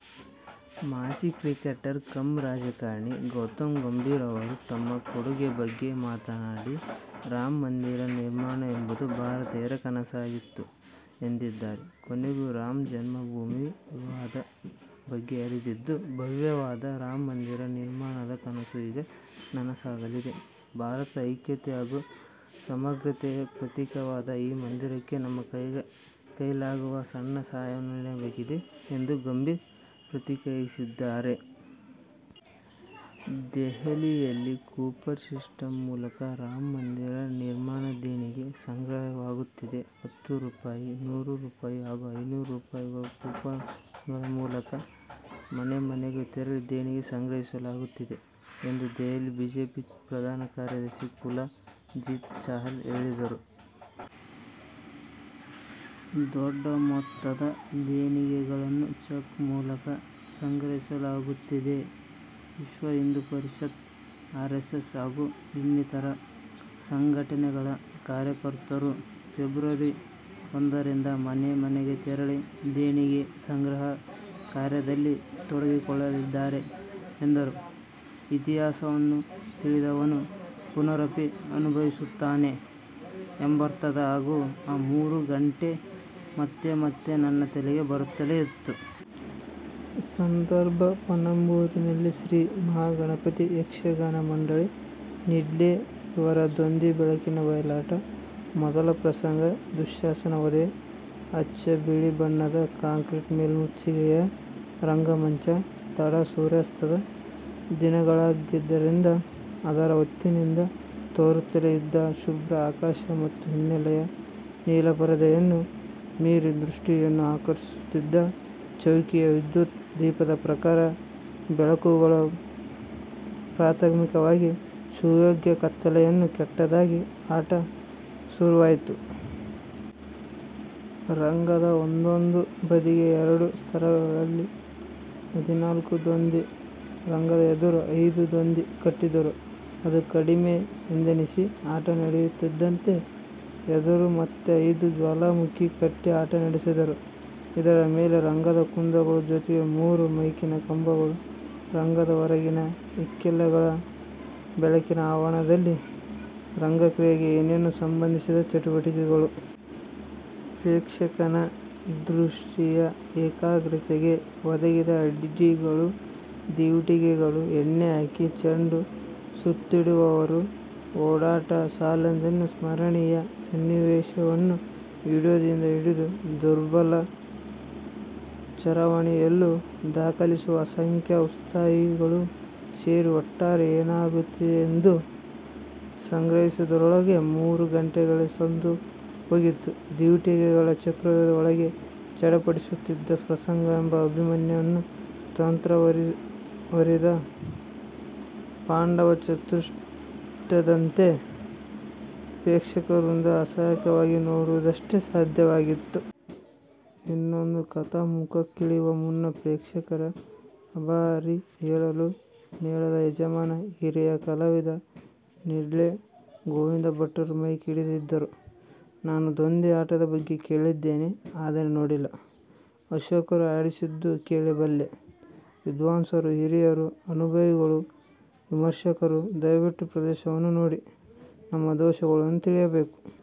ಮಾಜಿ cricketer cum ರಾಜಕಾರಣಿ ಗೌತಮ್ ಗಂಭೀರ್ ಅವರು ತಮ್ಮ ಕೊಡುಗೆ ಬಗ್ಗೆ ಮಾತನಾಡಿ, ರಾಮ ಮಂದಿರ ನಿರ್ಮಾಣ ಎಂಬುದು ಭಾರತೀಯರ ಕನಸಾಗಿತ್ತು ಎಂದಿದ್ದಾರೆ. ''ಕೊನೆಗೂ ರಾಮ ಜನ್ಮ ಭೂಮಿ ವಿವಾದ ಬಗೆ ಹರಿದಿದ್ದು, ಭವ್ಯವಾದ ರಾಮ ಮಂದಿರ ನಿರ್ಮಾಣದ ಕನಸು ಈಗ ನನಸಾಗಲಿದೆ. ಭಾರತದ ಐಕ್ಯತೆ ಹಾಗೂ ಸಮಗ್ರತೆಯ ಪ್ರತೀಕವಾದ ಈ ಮಂದಿರಕ್ಕೆ ನಮ್ಮ ಕೈಲಾಗುವ ಸಣ್ಣ ಸಹಾಯವನ್ನು ನೀಡಬೇಕಿದೆ'' ಎಂದು ಗಂಭೀರ್ ಪ್ರತಿಕ್ರಿಯಿಸಿದ್ದಾರೆ. ದೆಹಲಿಯಲ್ಲಿ ಕೂಪರ್ ಸಿಸ್ಟಂ ಮೂಲಕ ರಾಮ ಮಂದಿರ ನಿರ್ಮಾಣ ದೇಣಿಗೆ ಸಂಗ್ರಹವಾಗುತ್ತಿದೆ. ಹತ್ತು ರೂಪಾಯಿ, ನೂರು ರೂಪಾಯಿ ಹಾಗೂ ಐನೂರು ರೂಪಾಯಿಗಳ ಕೂಪನ್ ಗಳ ಮೂಲಕ ಮನೆ ಮನೆಗೂ ತೆರಳಿ ದೇಣಿಗೆ ಸಂಗ್ರಹಿಸಲಾಗುತ್ತಿದೆ ಎಂದು ದೆಹಲಿ ಬಿಜೆಪಿ ಪ್ರಧಾನ ಕಾರ್ಯದರ್ಶಿ ಕುಲ್ ಜೀತ್ ಚಾಹಲ್ ಹೇಳಿದರು. ದೊಡ್ಡ ಮೊತ್ತದ ದೇಣಿಗೆಗಳನ್ನು ಚೆಕ್ ಮೂಲಕ್ ಸಂಗ್ರಹಿಸಲಾಗುತ್ತಿದೆ. ವಿಶ್ವಹಿಂದೂಪರಿಷತ್, ಆರೆಸ್ಸೆಸ್ ಹಾಗೂ ಇನ್ನಿತರ ಸಂಘಟನೆಗಳ ಕಾರ್ಯಕರ್ತರು ಫೆಬ್ರವರಿ ಒಂದರಿಂದ ಮನೆ ಮನೆಗೆ ತೆರಳಿ ದೇಣಿಗೆ ಸಂಗ್ರಹ ಕಾರ್ಯದಲ್ಲಿ ತೊಡಗಿಕೊಳ್ಳಲಿದ್ದಾರೆ ಎಂದರು. ಇತಿಹಾಸವನ್ನು ತಿಳಿಯದವನು ಪುನರಪಿ ಅನುಭವಿಸುತ್ತಾನೆ ಎಂಬರ್ಥದ ಮಾತು ಆ ಮೂರೂ ಗಂಟೆ ಮತ್ತೆ ಮತ್ತೆ ನನ್ನ ತಲೆಗೆ ಬರುತ್ತಲೇ ಇತ್ತು. ಸಂದರ್ಭ ಪಣಂಬೂರಿನಲ್ಲಿ ಶ್ರೀ ಮಹಾಗಣಪತಿ ಯಕ್ಷಗಾನ ಮಂಡಳಿ, ನಿಡ್ಲೆ ಇವರ ದೊಂದಿ ಬೆಳಕಿನ ಬಯಲಾಟ. ಮೊದಲ ಪ್ರಸಂಗ ದುಶ್ಶಾಸನ ವಧೆ. ಅಚ್ಚ ಬಿಳಿ ಬಣ್ಣದ ಕಾಂಕ್ರಿಟ್ ಮೇಲ್ಮುಚ್ಚಿಗೆಯ ರಂಗಮಂಚ, ತಡ-ಸೂರ್ಯಾಸ್ತದ ದಿನಗಳಾದ್ದರಿಂದ ಅದರ ಒತ್ತಿನಿಂದ ತೋರುತ್ತಲೇ ಇದ್ದ ಶುಭ್ರ ಆಕಾಶ ಮತ್ತು ಹಿನ್ನೆಲೆಯ ನೀಲಪರದೆಯನ್ನು ಮೀರಿ ದೃಷ್ಟಿಯನ್ನು ಆಕರ್ಷಿಸುತ್ತಿದ್ದ ಚೌಕಿಯ ವಿದ್ಯುತ್ ದೀಪದ ಪ್ರಖರ ಬೆಳಕುಗಳು ಪ್ರಾಥಮಿಕವಾಗಿ ಸುಯೋಗ್ಯ ಕತ್ತಲನ್ನೇ ಕಟ್ಟದಾಗ ಆಟ ಸುರುವಾಯ್ತು. ರಂಗದ ಒಂದೊಂದು ಬದಿಗೆ ಎರಡು ಸ್ತರಗಳಲ್ಲಿ ಹದಿನಾಲ್ಕು ದೊಂದಿ, ರಂಗದ ಎದುರು ಐದು ದೊಂದಿ ಕಟ್ಟಿದ್ದರು. ಅದೂ ಕಡಿಮೆ ಎಂದನ್ನಿಸಿ, ಆಟ ನಡೆಯುತ್ತಿದ್ದಂತೆ ಎದುರು ಮತ್ತೆ ಐದು ಜ್ವಾಲಾಮುಖಿ ಕಟ್ಟಿ ಆಟ ನಡೆಸಿದರು. ಇದರ ಮೇಲೆ ರಂಗದ ಕುಂದಗಳ ಜೊತೆಗೆ ಮೂರು ಮೈಕಿನ ಕಂಬಗಳು, ರಂಗದ ಹೊರಗಿನ ಇಕ್ಕೆಲಗಳ ಬೆಳಕಿನ ಆವರಣದಲ್ಲಿ ರಂಗಕ್ರಿಯೆಗೆ ಏನೇನೂ ಸಂಬಂಧಿಸದ ಚಟುವಟಿಕೆಗಳು. ಪ್ರೇಕ್ಷಕನ ದೃಷ್ಟಿಯ ಏಕಾಗ್ರತೆಗೆ ಒದಗಿದ ಅಡ್ಡಿಗಳು. ದೀವಟಿಗೆಗಳಿಗೆ ಎಣ್ಣೆ ಹಾಕಿ, ಚೆಂಡು ಒತ್ತಿಡುವವರ ಓಡಾಟ ಸಾಲದೆಂದು ಸ್ಮರಣೀಯ ಸನ್ನಿವೇಶವನ್ನು ವಿಡಿಯೋದಿಂದ ಹಿಡಿದು ದುರ್ಬಲ ಚರವಾಣಿಯಲ್ಲೂ ದಾಖಲಿಸುವ ಅಸಂಖ್ಯ ಉತ್ಸಾಹಿಗಳೂ ಸೇರಿ ಒಟ್ಟಾರೆ ಏನಾಗುತ್ತಿದೆಯೆಂದು ಗ್ರಹಿಸುವುದರೊಳಗೆ ಮೂರು ಗಂಟೆಗಳೇ ಸಂದು ಹೋಗಿತ್ತು. ದೀವಟಿಗೆಗಳ ಚಕ್ರವ್ಯೂಹದ ಒಳಗೆ ಚಡಪಡಿಸುತ್ತಿದ್ದ ಪ್ರಸಂಗವೆಂಬ ಅಭಿಮನ್ಯುವನ್ನು ತಂತ್ರವರಿಯದ ಪಾಂಡವ ಚತುಷ್ಟಯದಂತೆ ಪ್ರೇಕ್ಷಕ ವೃಂದ ಅಸಹಾಯಕವಾಗಿ ನೋಡುವುದಷ್ಟೇ ಸಾಧ್ಯವಾಗಿತ್ತು. ಇನ್ನೊಂದು ಕಥಾಮುಖಕ್ಕಿಳಿವ ಮುನ್ನ ಪ್ರೇಕ್ಷಕರಿಗೆ ಅಭಾರಿ ಹೇಳಲು ಮೇಳದ ಯಜಮಾನ, ಹಿರಿಯ ಕಲಾವಿದ ನಿಡ್ಳೆ ಗೋವಿಂದ ಭಟ್ಟರು ಮೈಕ್ ಹಿಡಿದಿದ್ದರು. "ನಾನು ದೊಂದಿ ಆಟದ ಬಗ್ಗೆ ಕೇಳಿದ್ದೇನೆ. ಆದರೆ ನೋಡಿಲ್ಲ. ಅಶೋಕರು ಆಡಿಸಿದ್ದು ಕೇಳಿಬಲ್ಲೆ. ವಿದ್ವಾಂಸರು, ಹಿರಿಯರು, ಅನುಭವಿಗಳು, ವಿಮರ್ಶಕರು ದಯವಿಟ್ಟು ಪ್ರದರ್ಶನವನ್ನು ನೋಡಿ ನಮ್ಮ ದೋಷಗಳನ್ನು ತಿಳಿಸಬೇಕು.